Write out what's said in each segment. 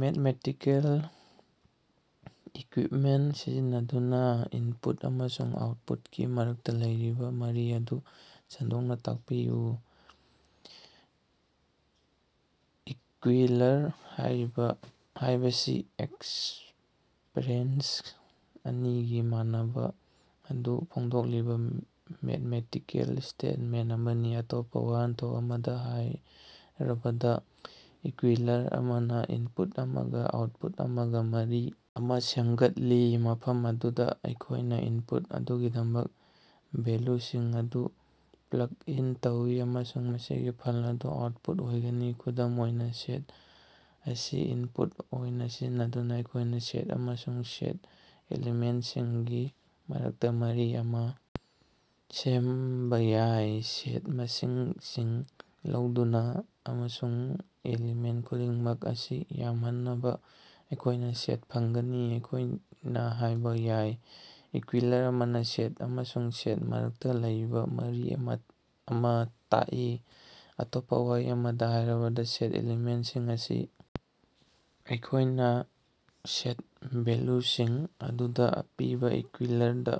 Mathematical equipment ꯁꯤꯖꯤꯟꯅꯗꯨꯅꯥ input ꯑꯃꯁꯨꯡ ꯑꯥꯎꯠꯄꯨꯠꯀꯤ ꯃꯔꯛꯇꯥ ꯂꯩꯔꯤꯕꯥ ꯃꯔꯤ ꯑꯗꯨ ꯁꯟꯗꯣꯛꯅꯥ ꯇꯥꯛꯄꯤꯌꯨ꯫ ꯏꯀ꯭ꯌꯨꯏꯂꯔ ꯍꯥꯏꯔꯤꯕ ꯍꯥꯏꯕꯁꯤ ꯑꯦꯛꯁꯄ꯭ꯔꯦꯁꯟ ꯑꯅꯤꯒꯤ ꯃꯥꯟꯅꯕꯥ ꯑꯗꯨ ꯐꯣꯡꯗꯣꯛꯂꯤꯕꯥ ꯃꯦꯠꯃꯦꯇꯤꯀꯦꯜ ꯁ꯭ꯇꯦꯠꯃꯦꯟꯇ ꯑꯃꯅꯤ꯫ ꯑꯇꯣꯞꯄꯥ ꯋꯥꯍꯟꯊꯣꯛ ꯑꯃꯗꯥ ꯍꯥꯏꯔꯕꯗꯥ, ꯏꯀ꯭ꯌꯨꯏꯂꯔ ꯑꯃꯅꯥ ꯏꯟꯄꯨꯠ ꯑꯃꯒꯥ ꯑꯥꯎꯠꯄꯨꯠ ꯑꯃꯒꯥ ꯃꯔꯤ ꯑꯃꯥ ꯁꯦꯝꯒꯠꯂꯤ, ꯃꯐꯝ ꯑꯗꯨꯗꯥ ꯑꯩꯈꯣꯏꯅꯥ ꯏꯟꯄꯨꯠ ꯑꯗꯨꯒꯤꯗꯃꯛ ꯚꯦꯜꯂꯨꯁꯤꯡ ꯑꯗꯨ ꯄ꯭ꯂꯛ ꯏꯟ ꯇꯧꯏ ꯑꯃꯁꯨꯡ ꯃꯁꯤꯒꯤ ꯐꯜ ꯑꯗꯨ ꯑꯥꯎꯠꯄꯨꯠ ꯑꯣꯏꯒꯅꯤ꯫ ꯈꯨꯗꯝ ꯑꯣꯏꯅꯥ, ꯁꯦꯠ ꯑꯁꯤ ꯏꯟꯄꯨꯠ ꯑꯣꯏꯅꯥ ꯁꯤꯖꯤꯟꯅꯗꯨꯅꯥ ꯑꯩꯈꯣꯏꯅꯥ ꯁꯦꯠ ꯑꯃꯁꯨꯡ ꯁꯦꯠ ꯑꯦꯂꯤꯃꯦꯟꯇꯁꯤꯡꯒꯤ ꯃꯔꯛꯇꯥ ꯃꯔꯤ ꯑꯃꯥ ꯁꯦꯝꯕꯥ ꯌꯥꯏ, ꯁꯦꯠ ꯃꯁꯤꯡꯁꯤꯡ ꯂꯧꯗꯨꯅꯥ ꯑꯃꯁꯨꯡ ꯑꯦꯂꯤꯃꯦꯟ ꯈꯨꯗꯤꯡꯃꯛ ꯃꯁꯤꯡ ꯌꯥꯝꯍꯟꯕꯅꯥ ꯑꯩꯈꯣꯏꯅꯥ ꯁꯦꯠ ꯐꯪꯒꯅꯤ꯫ ꯑꯩꯈꯣꯏꯅꯥ ꯍꯥꯏꯕ ꯌꯥꯏ ꯏꯀ꯭ꯌꯨꯏꯂꯔ ꯑꯃꯥꯅ ꯁꯦꯠ ꯑꯃꯁꯨꯡ ꯁꯦꯠ ꯃꯔꯛꯇꯥ ꯂꯩꯕꯥ ꯃꯔꯤ ꯑꯃꯥ ꯇꯥꯛꯏ, ꯑꯇꯣꯞꯄꯥ ꯋꯥꯍꯩ ꯑꯃꯗꯥ ꯍꯥꯏꯔꯕꯗꯥ, ꯁꯦꯠ ꯑꯦꯂꯤꯃꯦꯟꯁꯤꯡ ꯑꯁꯤ ꯑꯩꯈꯣꯏꯅꯥ ꯁꯦꯠ ꯚꯦꯜꯂꯨꯁꯤꯡ ꯑꯗꯨ ꯑꯄꯤꯕꯥ ꯏꯀ꯭ꯌꯨꯏꯂꯔꯗꯥ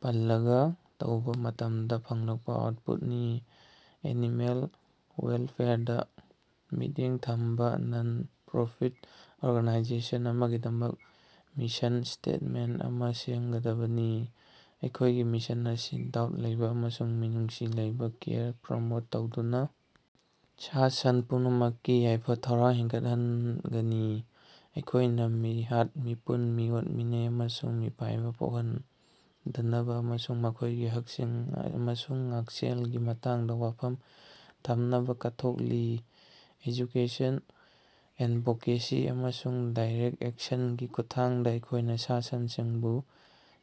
ꯄꯟꯂꯒ ꯇꯧꯕꯥ ꯃꯇꯝꯗꯥ ꯐꯪꯂꯛꯄꯥ ꯑꯥꯎꯠꯄꯨꯠꯅꯤ꯫ ꯑꯦꯅꯤꯃꯦꯜ ꯋꯦꯜꯐꯦꯌꯔꯗꯥ ꯃꯤꯠꯌꯦꯡ ꯊꯝꯕꯥ ꯅꯟ-ꯄ꯭ꯔꯣꯐꯤꯠ ꯑꯣꯔꯒꯥꯅꯥꯏꯖꯦꯁꯟ ꯑꯃꯒꯤꯗꯃꯛ ꯃꯤꯁꯟ ꯁ꯭ꯇꯦꯠꯃꯦꯟꯇ ꯑꯃꯥ ꯁꯦꯝꯒꯗꯅꯤ꯫ ꯑꯩꯈꯣꯏꯒꯤ ꯃꯤꯁꯟ ꯑꯁꯤ ꯗꯥꯎꯠ ꯂꯩꯕꯥ ꯑꯃꯁꯨꯡ ꯃꯤꯅꯨꯡꯁꯤ ꯂꯩꯕꯥ ꯀꯦꯌꯔ ꯄ꯭ꯔꯃꯣꯠ ꯇꯧꯗꯨꯅꯥ ꯁꯥ-ꯁꯟ ꯄꯨꯝꯅꯃꯛꯀꯤ ꯌꯥꯏꯐ-ꯊꯧꯔꯥꯡ ꯍꯦꯟꯒꯠꯍꯟꯒꯅꯤ꯫ ꯑꯩꯈꯣꯏꯅꯥ ꯃꯤꯍꯥꯠ-ꯃꯤꯄꯨꯟ, ꯃꯤꯑꯣꯠ-ꯃꯤꯅꯩ, ꯑꯃꯁꯨꯡ ꯃꯤꯄꯥꯏꯕꯥ ꯄꯣꯛꯍꯟꯗꯅꯕꯥ ꯑꯃꯁꯨꯡ ꯃꯈꯣꯏꯒꯤ ꯍꯛꯁꯤꯡ ꯑꯃꯁꯨꯡ ꯉꯥꯛꯁꯦꯜꯒꯤ ꯃꯇꯥꯡꯗꯥ ꯋꯥꯐꯝ ꯊꯝꯅꯕꯥ ꯀꯠꯊꯣꯛꯂꯤ꯫ ꯑꯦꯖꯨꯀꯦꯁꯟ, ꯑꯦꯠꯚꯣꯀꯦꯁꯤ ꯑꯃꯁꯨꯡ ꯗꯥꯏꯔꯦꯛ ꯑꯦꯛꯁꯟꯒꯤ ꯈꯨꯠꯊꯥꯡꯗꯥ ꯑꯩꯈꯣꯏꯅꯥ ꯁꯥ-ꯁꯟꯁꯤꯡꯕꯨ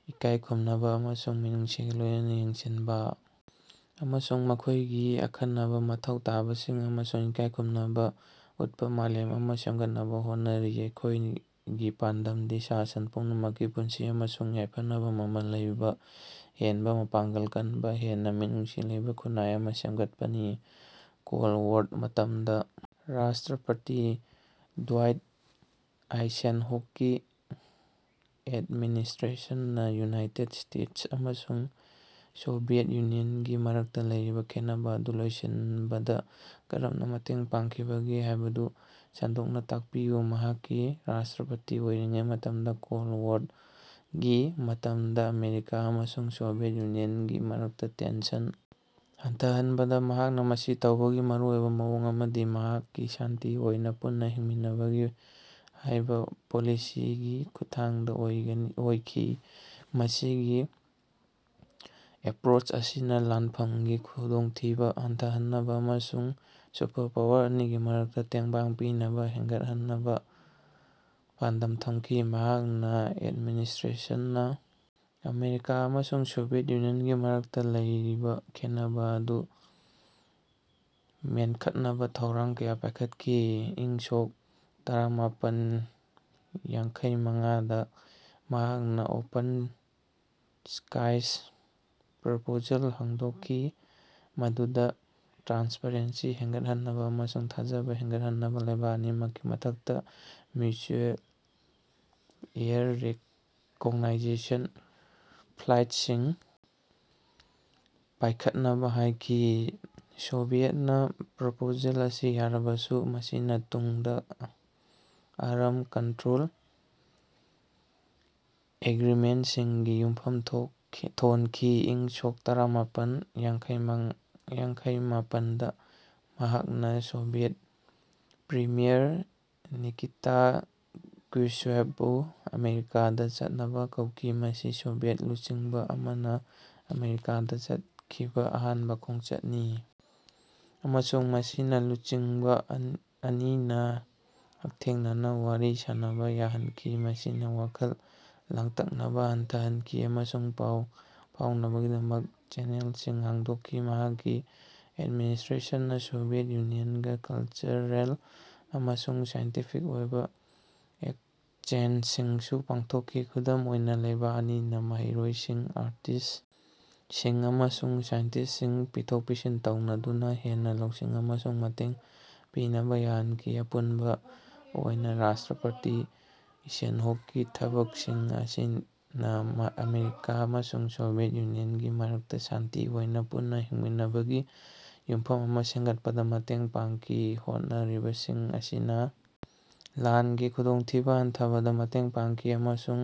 ꯏꯀꯥꯏ ꯈꯨꯝꯅꯕꯥ ꯑꯃꯁꯨꯡ ꯃꯤꯅꯨꯡꯁꯤꯒꯥ ꯂꯣꯏꯅꯅꯥ ꯌꯦꯡꯁꯤꯟꯕꯥ ꯑꯃꯁꯨꯡ ꯃꯈꯣꯏꯒꯤ ꯑꯈꯟꯅꯕꯥ ꯃꯊꯧ ꯇꯥꯕꯁꯤꯡ ꯑꯃꯁꯨꯡ ꯏꯀꯥꯏꯈꯨꯝꯅꯕꯥ ꯎꯠꯄꯥ ꯃꯥꯂꯦꯝ ꯑꯃꯥ ꯁꯦꯝꯒꯠꯅꯕꯥ ꯍꯣꯠꯅꯔꯤ꯫ ꯑꯩꯈꯣꯏꯒꯤ ꯄꯥꯟꯗꯝꯗꯤ ꯁꯥ-ꯁꯟ ꯄꯨꯝꯅꯃꯛꯀꯤ ꯄꯨꯟꯁꯤ ꯑꯃꯁꯨꯡ ꯌꯥꯏꯐꯅꯕꯥ ꯃꯃꯜ ꯂꯩꯕꯥ ꯍꯦꯟꯅꯥ ꯃꯄꯥꯡꯒꯜ ꯀꯟꯕꯥ, ꯍꯦꯟꯅꯥ ꯃꯤꯅꯨꯡꯁꯤ ꯂꯩꯕꯥ ꯈꯨꯟꯅꯥꯏ ꯑꯃꯥ ꯁꯦꯝꯒꯠꯄꯅꯤ꯫ ꯀꯣꯜꯗ ꯋꯥꯔꯒꯤ ꯃꯇꯝꯗꯥ ꯔꯥꯁꯇ꯭ꯔꯄꯇꯤ ꯗ꯭ꯋꯥꯏꯠ ꯑꯥꯏꯁꯦꯟꯍꯣꯛꯀꯤ ꯑꯦꯠꯃꯤꯅꯤꯁꯇ꯭ꯔꯦꯁꯟꯅꯥ ꯌꯨꯅꯥꯏꯇꯦꯠ ꯁ꯭ꯇꯦꯠꯁ ꯑꯃꯁꯨꯡ ꯁꯣꯚꯤꯌꯦꯠ ꯌꯨꯅꯤꯌꯟꯒꯤ ꯃꯔꯛꯇꯥ ꯂꯩꯔꯤꯕꯥ ꯈꯦꯟꯅꯕꯥ ꯑꯗꯨ ꯂꯣꯏꯁꯤꯟꯕꯗꯥ ꯀꯔꯝꯅꯥ ꯃꯇꯦꯡ ꯄꯥꯡꯈꯤꯕꯒꯦ ꯍꯥꯏꯕꯗꯨ ꯁꯟꯗꯣꯛꯅꯥ ꯇꯥꯛꯄꯤꯌꯨ꯫ ꯃꯍꯥꯛꯀꯤ ꯔꯥꯁꯇ꯭ꯔꯄꯇꯤ ꯑꯣꯏꯔꯤꯉꯩ ꯃꯇꯝꯗꯥ ꯀꯣꯜ ꯋꯥꯔꯒꯤ ꯃꯇꯝꯗꯥ ꯑꯃꯦꯔꯤꯀꯥ ꯑꯃꯁꯨꯡ ꯁꯣꯚꯤꯌꯦꯠ ꯌꯨꯅꯤꯌꯟꯒꯤ ꯃꯔꯛꯇꯥ ꯇꯦꯟꯁꯟ ꯍꯟꯊꯍꯟꯕꯗꯥ ꯃꯍꯥꯛꯅꯥ ꯃꯁꯤ ꯇꯧꯕꯒꯤ ꯃꯔꯨꯑꯣꯏꯕꯥ ꯃꯑꯣꯡ ꯑꯃꯗꯤ ꯃꯍꯥꯛꯀꯤ ꯁꯥꯟꯇꯤ ꯑꯣꯏꯅꯥ ꯄꯨꯟꯅꯥ ꯍꯤꯡꯃꯤꯟꯅꯕꯒꯤ ꯍꯥꯏꯕ ꯄꯣꯂꯤꯁꯤꯒꯤ ꯈꯨꯠꯊꯥꯡꯗꯥ ꯑꯣꯏꯈꯤ꯫ ꯃꯁꯤꯒꯤ ꯑꯦꯄ꯭ꯔꯣꯆ ꯑꯁꯤꯅꯥ ꯂꯥꯟꯐꯝꯒꯤ ꯈꯨꯗꯣꯡꯊꯤꯕꯥ ꯍꯟꯊꯍꯟꯅꯕꯥ ꯑꯃꯁꯨꯡ ꯁꯨꯄꯔꯄꯥꯋꯔ ꯑꯅꯤꯒꯤ ꯃꯔꯛꯇꯥ ꯇꯦꯡꯕꯥꯡ ꯄꯤꯅꯕꯥ ꯍꯦꯟꯒꯠꯍꯟꯅꯕꯥ ꯄꯥꯟꯗꯝ ꯊꯝꯈꯤ꯫ ꯃꯍꯥꯛꯅ ꯑꯦꯠꯃꯤꯅꯤꯁꯇ꯭ꯔꯦꯁꯟꯅꯥ ꯑꯃꯦꯔꯤꯀꯥ ꯑꯃꯁꯨꯡ ꯁꯣꯚꯤꯌꯦꯠ ꯌꯨꯅꯤꯌꯟꯒꯤ ꯃꯔꯛꯇꯥ ꯂꯩꯔꯤꯕꯥ ꯈꯦꯟꯅꯕꯥ ꯑꯗꯨ ꯃꯦꯟꯈꯠꯅꯕꯥ ꯊꯧꯔꯥꯡ ꯀꯌꯥ ꯄꯥꯏꯈꯠꯈꯤ꯫ꯏꯪ ꯁꯣꯛ ꯇꯔꯥꯃꯥꯄꯟ ꯌꯥꯡꯈꯩꯃꯉꯥꯗ ꯃꯍꯥꯛꯅꯥ ꯑꯣꯄꯟ ꯁ꯭ꯀꯥꯏꯁ ꯄ꯭ꯔꯄꯣꯖꯦꯜ ꯍꯧꯗꯣꯛꯈꯤ, ꯃꯗꯨꯗꯥ ꯇ꯭ꯔꯥꯟꯁꯄꯔꯦꯟꯁꯤ ꯍꯦꯟꯒꯠꯍꯟꯅꯕꯥ ꯑꯃꯁꯨꯡ ꯊꯥꯖꯕꯥ ꯍꯦꯟꯒꯠꯍꯟꯅꯕꯥ ꯂꯩꯕꯥꯛ ꯑꯅꯤꯃꯛꯀꯤ ꯃꯊꯛꯇꯥ ꯃ꯭ꯌꯨꯆꯨꯑꯦꯜ ꯑꯦꯌꯔ ꯔꯤꯀꯣꯅꯥꯏꯖꯦꯁꯟ ꯐ꯭ꯂꯥꯏꯠꯁꯤꯡ ꯄꯥꯏꯈꯠꯅꯕꯥ ꯍꯥꯏꯈꯤ꯫ ꯁꯣꯚꯤꯌꯦꯠꯅꯥ ꯄ꯭ꯔꯄꯣꯖꯦꯜ ꯑꯁꯤ ꯌꯥꯔꯕꯁꯨ, ꯃꯁꯤꯅꯥ ꯇꯨꯡꯗꯥ ꯑꯥꯔꯝ ꯀꯟꯇ꯭ꯔꯣꯜ ꯑꯦꯒ꯭ꯔꯤꯃꯦꯟꯇꯁꯤꯡꯒꯤ ꯌꯨꯝꯐꯝ ꯊꯣꯟꯈꯤ꯫ ꯏꯪ ꯁꯣꯛ ꯇꯔꯥꯃꯄꯟ ꯌꯥꯡꯈꯩꯃꯄꯟꯗꯥ ꯃꯍꯥꯛꯅ ꯁꯣꯚꯤꯌꯦꯠ ꯄ꯭ꯔꯤꯃꯤꯌꯔ ꯅꯤꯀꯤꯇꯥ ꯀ꯭ꯔꯨꯁꯦꯚꯕꯨ ꯑꯃꯦꯔꯤꯀꯥꯗꯥ ꯆꯠꯅꯕꯥ ꯀꯧꯈꯤ꯫ ꯃꯁꯤ ꯁꯣꯚꯤꯌꯦꯠ ꯂꯨꯆꯤꯡꯕꯥ ꯑꯃꯅꯥ ꯑꯃꯦꯔꯤꯀꯥꯗ ꯆꯠꯈꯤꯕꯥ ꯑꯍꯥꯟꯕꯥ ꯈꯣꯡꯆꯠꯅꯤ ꯑꯃꯁꯨꯡ ꯃꯁꯤꯅꯥ ꯂꯨꯆꯤꯡꯕꯥ ꯑꯅꯤꯅꯥ ꯍꯛꯊꯦꯡꯅꯅꯥ ꯋꯥꯔꯤ ꯁꯥꯅꯕꯥ ꯌꯥꯍꯟꯈꯤ, ꯃꯁꯤꯅꯥ ꯋꯥꯈꯜ ꯂꯥꯡꯇꯛꯅꯕꯥ ꯍꯟꯊꯍꯟꯈꯤ ꯑꯃꯁꯨꯡ ꯄꯥꯎ ꯐꯥꯎꯅꯕꯒꯤ ꯆꯦꯅꯦꯜꯁꯤꯡ ꯍꯥꯡꯗꯣꯛꯈꯤ꯫ ꯃꯍꯥꯛꯀꯤ ꯑꯦꯗꯃꯤꯅꯤꯁꯇ꯭ꯔꯦꯁꯟꯅꯥ ꯁꯣꯚꯤꯌꯦꯠ ꯌꯨꯅꯤꯌꯟꯒꯥ ꯀꯜꯆꯔꯦꯜ ꯑꯃꯁꯨꯡ ꯁꯥꯏꯟꯇꯤꯐꯤꯛ ꯑꯣꯏꯕꯥ ꯑꯦꯛꯁꯆꯦꯟꯖꯁꯤꯡꯁꯨ ꯄꯥꯡꯊꯣꯛꯈꯤ꯫ ꯈꯨꯗꯝ ꯑꯣꯏꯅꯥ, ꯂꯩꯕꯥꯛ ꯑꯅꯤꯅꯥ ꯃꯍꯩꯔꯣꯏꯁꯤꯡ, ꯑꯥꯔꯇꯤꯁ ꯁꯤꯡ ꯑꯃꯁꯨꯡ ꯁꯥꯏꯟꯇꯤꯁꯁꯤꯡ ꯄꯤꯊꯣꯛ-ꯄꯤꯁꯤꯟ ꯇꯧꯅꯗꯨꯅꯥ ꯍꯦꯟꯅꯥ ꯂꯧꯁꯤꯡ ꯑꯃꯁꯨꯡ ꯃꯇꯦꯡ ꯄꯤꯅꯕꯥ ꯌꯥꯍꯟꯈꯤ꯫ ꯑꯄꯨꯟꯕꯥ ꯑꯣꯏꯅꯥ ꯔꯥꯁꯇ꯭ꯔꯄꯇꯤ ꯏꯁꯦꯟꯍꯣꯛꯀꯤ ꯊꯕꯛꯁꯤꯡ ꯑꯁꯤꯅꯥ ꯑꯃꯦꯔꯤꯀꯥ ꯑꯃꯁꯨꯡ ꯁꯣꯚꯤꯌꯦꯠ ꯌꯨꯅꯤꯌꯟꯒꯤ ꯃꯔꯛꯇꯥ ꯁꯥꯟꯇꯤ ꯑꯣꯏꯅꯥ ꯄꯨꯟꯅꯥ ꯍꯤꯡꯃꯤꯟꯅꯕꯒꯤ ꯌꯨꯝꯐꯝ ꯑꯃꯥ ꯁꯦꯝꯒꯠꯄꯗꯥ ꯃꯇꯦꯡ ꯄꯥꯡꯈꯤ꯫ ꯍꯣꯠꯅꯔꯤꯕꯁꯤꯡ ꯑꯁꯤꯅꯥ ꯂꯥꯟꯒꯤ ꯈꯨꯗꯣꯡꯊꯤꯕꯥ ꯍꯟꯊꯍꯟꯕꯗꯥ ꯃꯇꯦꯡ ꯄꯥꯡꯈꯤ ꯑꯃꯁꯨꯡ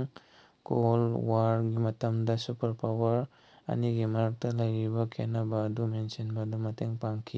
ꯀꯣꯜꯗ ꯋꯥꯔꯒꯤ ꯃꯇꯝꯗꯥ ꯁꯨꯄꯔꯄꯥꯋꯔ ꯑꯅꯤꯒꯤ ꯃꯔꯛꯇꯥ ꯂꯩꯔꯤꯕꯥ ꯈꯦꯟꯅꯕꯥ ꯑꯗꯨ ꯃꯦꯟꯁꯤꯟꯕꯗꯥ ꯃꯇꯦꯡ ꯄꯥꯡꯈꯤ꯫